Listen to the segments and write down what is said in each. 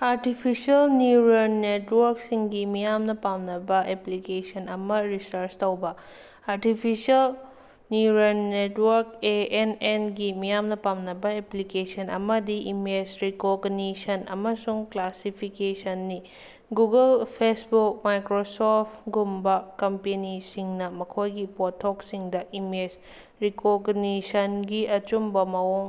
Artificial neural ꯅꯦꯠꯋꯥꯔꯛꯁꯤꯡꯒꯤ ꯃꯤꯌꯥꯝꯅ ꯄꯥꯝꯅꯕ ꯑꯦꯄ꯭ꯂꯤꯀꯦꯁꯟ ꯑꯃꯥ ꯔꯤꯁꯔꯆ ꯇꯧꯕ꯫ Artificial neural network (A. N. ꯑꯦꯟ.)ꯒꯤ ꯃꯤꯌꯥꯝꯅ ꯄꯥꯝꯅꯕ ꯑꯦꯄ꯭ꯂꯤꯀꯦꯁꯟ ꯑꯃꯗꯤ ꯏꯃꯦꯖ ꯔꯤꯀꯣꯒꯅꯤꯁꯟ ꯑꯃꯁꯨꯡ ꯀ꯭ꯂꯥꯁꯤꯐꯤꯀꯦꯁꯟꯅꯤ꯫ ꯒꯨꯒꯜ, ꯐꯦꯁꯕꯨꯛ, ꯃꯥꯏꯀ꯭ꯔꯣꯁꯣꯐꯇꯒꯨꯝꯕ ꯀꯝꯄꯦꯅꯤꯁꯤꯡꯅ ꯃꯈꯣꯏꯒꯤ ꯄꯣꯠꯊꯣꯛꯁꯤꯡꯗ ꯏꯃꯦꯖ ꯔꯤꯀꯣꯒꯅꯤꯁꯟꯒꯤ ꯑꯆꯨꯝꯕꯥ ꯃꯑꯣꯡ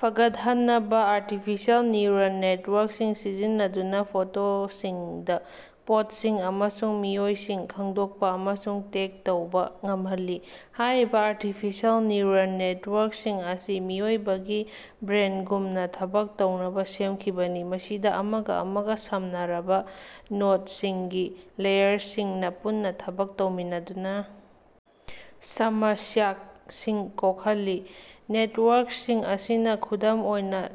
ꯐꯒꯠꯍꯟꯅꯕ ꯑꯥꯔꯇꯤꯐꯤꯁꯤꯑꯦꯜ ꯅ꯭ꯌꯨꯔꯜ ꯅꯦꯠꯋꯥꯔꯛꯁꯤꯡ ꯁꯤꯖꯤꯟꯅꯗꯨꯅ ꯐꯣꯇꯣꯁꯤꯡꯗ ꯄꯣꯠꯁꯤꯡ ꯑꯃꯁꯨꯡ ꯃꯤꯑꯣꯏꯁꯤꯡ ꯈꯪꯗꯣꯛꯄ ꯑꯃꯁꯨꯡ ꯇꯦꯒ ꯇꯧꯕ ꯉꯝꯍꯜꯂꯤ꯫ ꯍꯥꯏꯔꯤꯕ ꯑꯥꯔꯇꯤꯐꯤꯁꯤꯑꯦꯜ ꯅ꯭ꯌꯨꯔꯜ ꯅꯦꯇꯋꯥꯔꯛꯁꯤꯡ ꯑꯁꯤ ꯃꯤꯑꯣꯏꯕꯒꯤ ꯕ꯭ꯔꯦꯟꯒꯨꯝꯅ ꯊꯕꯛ ꯇꯧꯅꯕ ꯁꯦꯝꯈꯤꯕꯅꯤ, ꯃꯁꯤꯗ ꯑꯃꯒ ꯑꯃꯒ ꯁꯝꯅꯔꯕ ꯅꯣꯗꯁꯤꯡꯒꯤ ꯂꯦꯌꯔꯁꯤꯡꯅꯥ ꯄꯨꯟꯅ ꯊꯕꯛ ꯇꯧꯃꯤꯟꯅꯗꯨꯅꯥ ꯁꯃꯁ꯭ꯌꯥꯁꯤꯡ ꯀꯣꯛꯍꯜꯂꯤ꯫ ꯅꯦꯇꯋꯥꯔꯛꯁꯤꯡ ꯑꯁꯤꯅ ꯈꯨꯗꯝ ꯑꯣꯏꯅ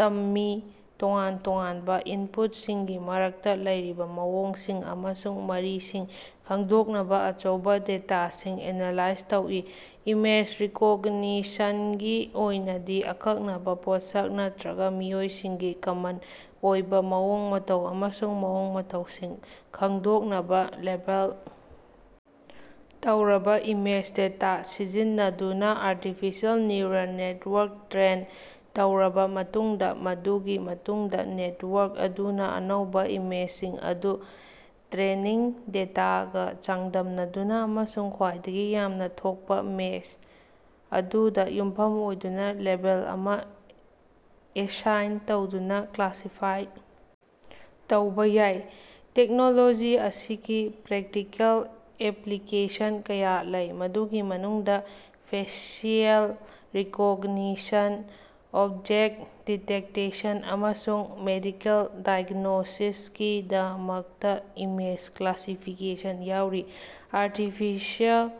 ꯇꯝꯃꯤ, ꯇꯣꯉꯥꯟ-ꯇꯣꯉꯥꯟꯕ ꯏꯟꯄꯨꯠꯁꯤꯡꯒꯤ ꯃꯔꯛꯇ ꯂꯩꯔꯤꯕ ꯃꯑꯣꯡꯁꯤꯡ ꯑꯃꯁꯨꯡ ꯃꯔꯤꯁꯤꯡ ꯈꯪꯗꯣꯛꯅꯕ ꯑꯆꯧꯕ ꯗꯦꯇꯥꯁꯤꯡ ꯑꯦꯅꯥꯂꯥꯏꯖ ꯇꯧꯏ꯫ ꯏꯃꯦꯖ ꯔꯤꯀꯣꯒꯅꯤꯁꯟꯒꯤ ꯑꯣꯏꯅꯗꯤ, ꯑꯀꯛꯅꯕ ꯄꯣꯠꯁꯛ ꯅꯠꯇ꯭ꯔꯒ ꯃꯤꯑꯣꯏꯁꯤꯡꯒꯤ ꯀꯃꯟ ꯑꯣꯏꯕ ꯃꯑꯣꯡ-ꯃꯇꯧ ꯑꯃꯁꯨꯡ ꯃꯑꯣꯡ-ꯃꯇꯧꯁꯤꯡ ꯈꯪꯗꯣꯛꯅꯕ ꯂꯦꯕꯦꯜ ꯇꯧꯔꯕ ꯏꯃꯦꯖ ꯗꯦꯇꯥ ꯁꯤꯖꯤꯟꯅꯗꯨꯅ ꯑꯥꯔꯇꯤꯐꯤꯁꯤꯑꯦꯜ ꯅ꯭ꯋꯨꯔꯜ ꯅꯦꯠꯋꯥꯔꯛ ꯇ꯭ꯔꯦꯟ ꯇꯧꯔꯕ ꯃꯇꯨꯡꯗ, ꯃꯗꯨꯒꯤ ꯃꯇꯨꯡꯗ ꯅꯦꯠꯋꯥꯔꯛ ꯑꯗꯨꯅ ꯑꯅꯧꯕ ꯏꯃꯦꯖꯁꯤꯡ ꯑꯗꯨ ꯇ꯭ꯔꯦꯅꯤꯡ ꯗꯦꯇꯥꯒ ꯆꯥꯡꯗꯝꯅꯗꯨꯅ ꯑꯃꯁꯨꯡ ꯈ꯭ꯋꯥꯏꯗꯒꯤ ꯌꯥꯝꯅ ꯊꯣꯛꯄ ꯃꯦꯆ ꯑꯗꯨꯗ ꯌꯨꯝꯐꯝ ꯑꯣꯏꯗꯨꯅ ꯂꯦꯕꯦꯜ ꯑꯃ ꯑꯦꯁꯥꯏꯟ ꯇꯧꯗꯨꯅ ꯀ꯭ꯂꯥꯁꯤꯐꯥꯏ ꯇꯧꯕ ꯌꯥꯏ꯫ ꯇꯦꯛꯅꯣꯂꯣꯖꯤ ꯑꯁꯤꯒꯤ ꯄ꯭ꯔꯦꯛꯇꯤꯀꯦꯜ ꯑꯦꯄ꯭ꯂꯤꯀꯦꯁꯟ ꯀꯌꯥ ꯂꯩ, ꯃꯗꯨꯒꯤ ꯃꯅꯨꯡꯗ ꯐꯦꯁꯤꯑꯦꯜ ꯔꯤꯀꯣꯒꯅꯤꯁꯟ, ꯑꯣꯕꯖꯦꯛꯇ ꯗꯤꯇꯦꯛꯇꯦꯁꯟ, ꯑꯃꯁꯨꯡ ꯃꯦꯗꯤꯀꯦꯜ ꯗꯥꯏꯒ꯭ꯅꯣꯁꯤꯁꯀꯤꯗꯃꯛꯇꯥ ꯏꯃꯦꯖ ꯀ꯭ꯂꯥꯁꯤꯐꯤꯀꯦꯁꯟ ꯌꯥꯎꯔꯤ꯫ ꯑꯥꯔꯇꯤꯐꯤꯁꯤꯑꯦꯜ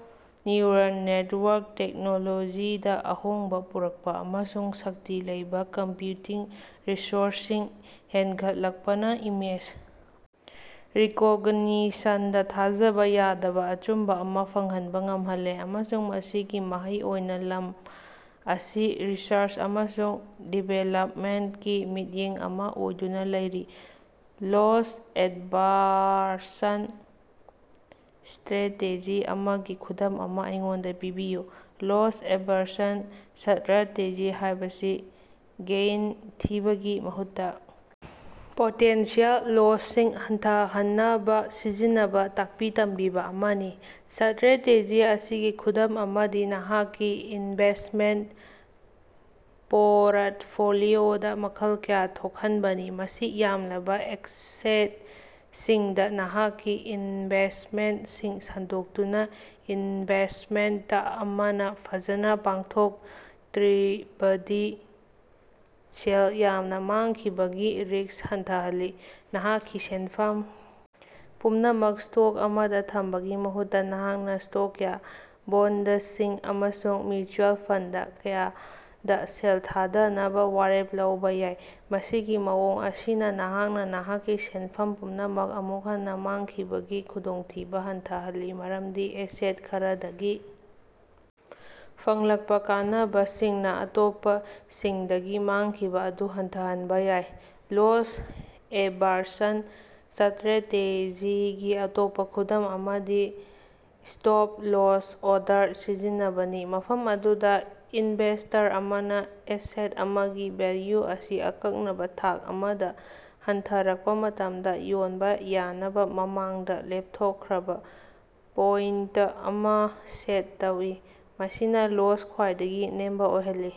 ꯅ꯭ꯌꯨꯔꯜ ꯅꯦꯇꯋꯥꯔꯛ ꯇꯦꯛꯅꯣꯂꯣꯖꯤꯗ ꯑꯍꯣꯡꯕ ꯄꯨꯔꯛꯄ ꯑꯃꯁꯨꯡ ꯁꯛꯇꯤ ꯂꯩꯕ ꯀꯝꯄ꯭ꯌꯨꯇꯤꯡ ꯔꯤꯁꯣꯔꯁꯁꯤꯡ ꯍꯦꯟꯒꯠꯂꯛꯄꯅ ꯏꯃꯦꯖ ꯔꯤꯀꯣꯒꯅꯤꯁꯟꯗ ꯊꯥꯖꯕ ꯌꯥꯗꯕ ꯑꯆꯨꯝꯕ ꯑꯃꯥ ꯐꯪꯍꯟꯕ ꯉꯝꯍꯜꯂꯦ, ꯑꯃꯁꯨꯡ ꯃꯁꯤꯒꯤ ꯃꯍꯩ ꯑꯣꯏꯅ ꯂꯝ ꯑꯁꯤ ꯔꯤꯁꯔꯆ ꯑꯃꯁꯨꯡ ꯗꯤꯕꯦꯂꯞꯃꯦꯟꯇꯀꯤ ꯃꯤꯠꯌꯦꯡ ꯑꯃ ꯑꯣꯏꯗꯨꯅ ꯂꯩꯔꯤ꯫ ꯂꯣꯁ-ꯑꯦꯚꯥꯔꯁꯟ ꯁꯇ꯭ꯔꯦꯇꯦꯖꯤ ꯑꯃꯒꯤ ꯈꯨꯗꯝ ꯑꯃ ꯑꯩꯉꯣꯟꯗ ꯄꯤꯕꯤꯌꯨ꯫ ꯂꯣꯁ-ꯑꯦꯚꯔꯁꯟ ꯁ꯭ꯠꯔꯥꯇꯦꯖꯤ ꯍꯥꯏꯕꯁꯤ ꯒꯦꯏꯟ ꯊꯤꯕꯒꯤ ꯃꯍꯨꯠꯇ ꯄꯣꯇꯦꯟꯁꯤꯑꯦꯜ ꯂꯣꯁꯁꯤꯡ ꯍꯟꯊꯍꯟꯅꯕ ꯁꯤꯖꯤꯟꯅꯕ ꯇꯥꯛꯄꯤ-ꯇꯝꯕꯤꯕ ꯑꯃꯅꯤ꯫ ꯁ꯭ꯠꯔꯦꯇꯦꯖꯤ ꯑꯁꯤꯒꯤ ꯈꯨꯗꯝ ꯑꯃꯗꯤ ꯅꯍꯥꯛꯀꯤ ꯏꯟꯚꯦꯁ꯭ꯇꯃꯦꯟꯇ ꯄꯣꯔꯠꯐꯣꯂꯤꯑꯣꯗꯥ ꯃꯈꯜ ꯀꯌ ꯊꯣꯛꯍꯟꯕꯅꯤ꯫ ꯃꯁꯤꯡ ꯌꯥꯝꯂꯕ ꯑꯦꯁꯦꯠꯁꯤꯡꯗ ꯅꯍꯥꯛꯀꯤ ꯏꯟꯚꯦꯁ꯭ꯇꯃꯦꯟꯇꯁꯤꯡ ꯁꯟꯗꯣꯛꯇꯨꯅ, ꯏꯟꯚꯦꯁ꯭ꯇꯃꯦꯟꯇ ꯑꯃꯅꯥ ꯐꯖꯅ ꯄꯥꯡꯊꯣꯛꯇ꯭ꯔꯕꯗꯤ ꯁꯦꯜ ꯌꯥꯝꯅ ꯃꯥꯡꯈꯤꯕꯒꯤ ꯔꯤꯛꯁ ꯍꯟꯊꯍꯜꯂꯤ꯫ ꯅꯍꯥꯛꯀꯤ ꯁꯦꯟꯐꯝ ꯄꯨꯝꯅꯃꯛ ꯁ꯭ꯇꯣꯛ ꯑꯃꯗ ꯊꯝꯕꯒꯤ ꯃꯍꯨꯠꯇ, ꯅꯍꯥꯛꯅ ꯁ꯭ꯇꯣꯛ ꯀꯌ, ꯕꯣꯟꯗꯁꯤꯡ ꯑꯃꯁꯨꯡ ꯃ꯭ꯌꯨꯆꯨꯑꯦꯜ ꯐꯟꯗ ꯀꯌꯥꯗ ꯁꯦꯜ ꯊꯥꯗꯅꯕ ꯋꯥꯔꯦꯞ ꯂꯧꯕ ꯌꯥꯏ꯫ ꯃꯁꯤꯒꯤ ꯃꯑꯣꯡ ꯑꯁꯤꯅ ꯅꯍꯥꯛꯅꯥ ꯅꯍꯥꯛꯀꯤ ꯁꯦꯟꯐꯝ ꯄꯨꯝꯅꯃꯛ ꯑꯃꯨꯛ ꯍꯟꯅ ꯃꯥꯡꯈꯤꯕꯒꯤ ꯈꯨꯗꯣꯡꯊꯤꯕ ꯍꯟꯊꯍꯜꯂꯤ ꯃꯔꯝꯗꯤ ꯑꯦꯁꯦꯠ ꯈꯔꯗꯒꯤ ꯐꯪꯂꯛꯄ ꯀꯥꯟꯅꯕꯁꯤꯡꯅ ꯑꯇꯣꯞꯄꯁꯤꯡꯗꯒꯤ ꯃꯥꯡꯈꯤꯕ ꯑꯗꯨ ꯍꯟꯊꯍꯟꯕ ꯌꯥꯏ꯫ ꯂꯣꯁ-ꯑꯦꯚꯥꯔꯁꯟ ꯁ꯭ꯠꯔꯦꯇꯦꯖꯤꯒꯤ ꯑꯇꯣꯞꯄ ꯈꯨꯗꯝ ꯑꯃꯗꯤ ꯏꯁꯇꯣꯞ-ꯂꯣꯁ ꯑꯣꯔꯗꯔ ꯁꯤꯖꯤꯟꯅꯕꯅꯤ, ꯃꯐꯝ ꯑꯗꯨꯗ ꯏꯟꯚꯦꯁꯇꯔ ꯑꯃꯅ ꯑꯦꯁꯦꯠ ꯑꯃꯒꯤ ꯚꯦꯜꯌꯨ ꯑꯁꯤ ꯑꯀꯛꯅꯕ ꯊꯥꯛ ꯑꯃꯗꯥ ꯍꯟꯊꯔꯛꯄ ꯃꯇꯝꯗ ꯌꯣꯟꯕ ꯌꯥꯅꯕ ꯃꯃꯥꯡꯗ ꯂꯦꯞꯊꯣꯛꯈ꯭ꯔꯕ ꯄꯣꯏꯟꯇ ꯑꯃ ꯁꯦꯠ ꯇꯧꯏ, ꯃꯁꯤꯅ ꯂꯣꯁ ꯈ꯭ꯋꯥꯏꯗꯒꯤ ꯅꯦꯝꯕ ꯑꯣꯏꯍꯜꯂꯤ꯫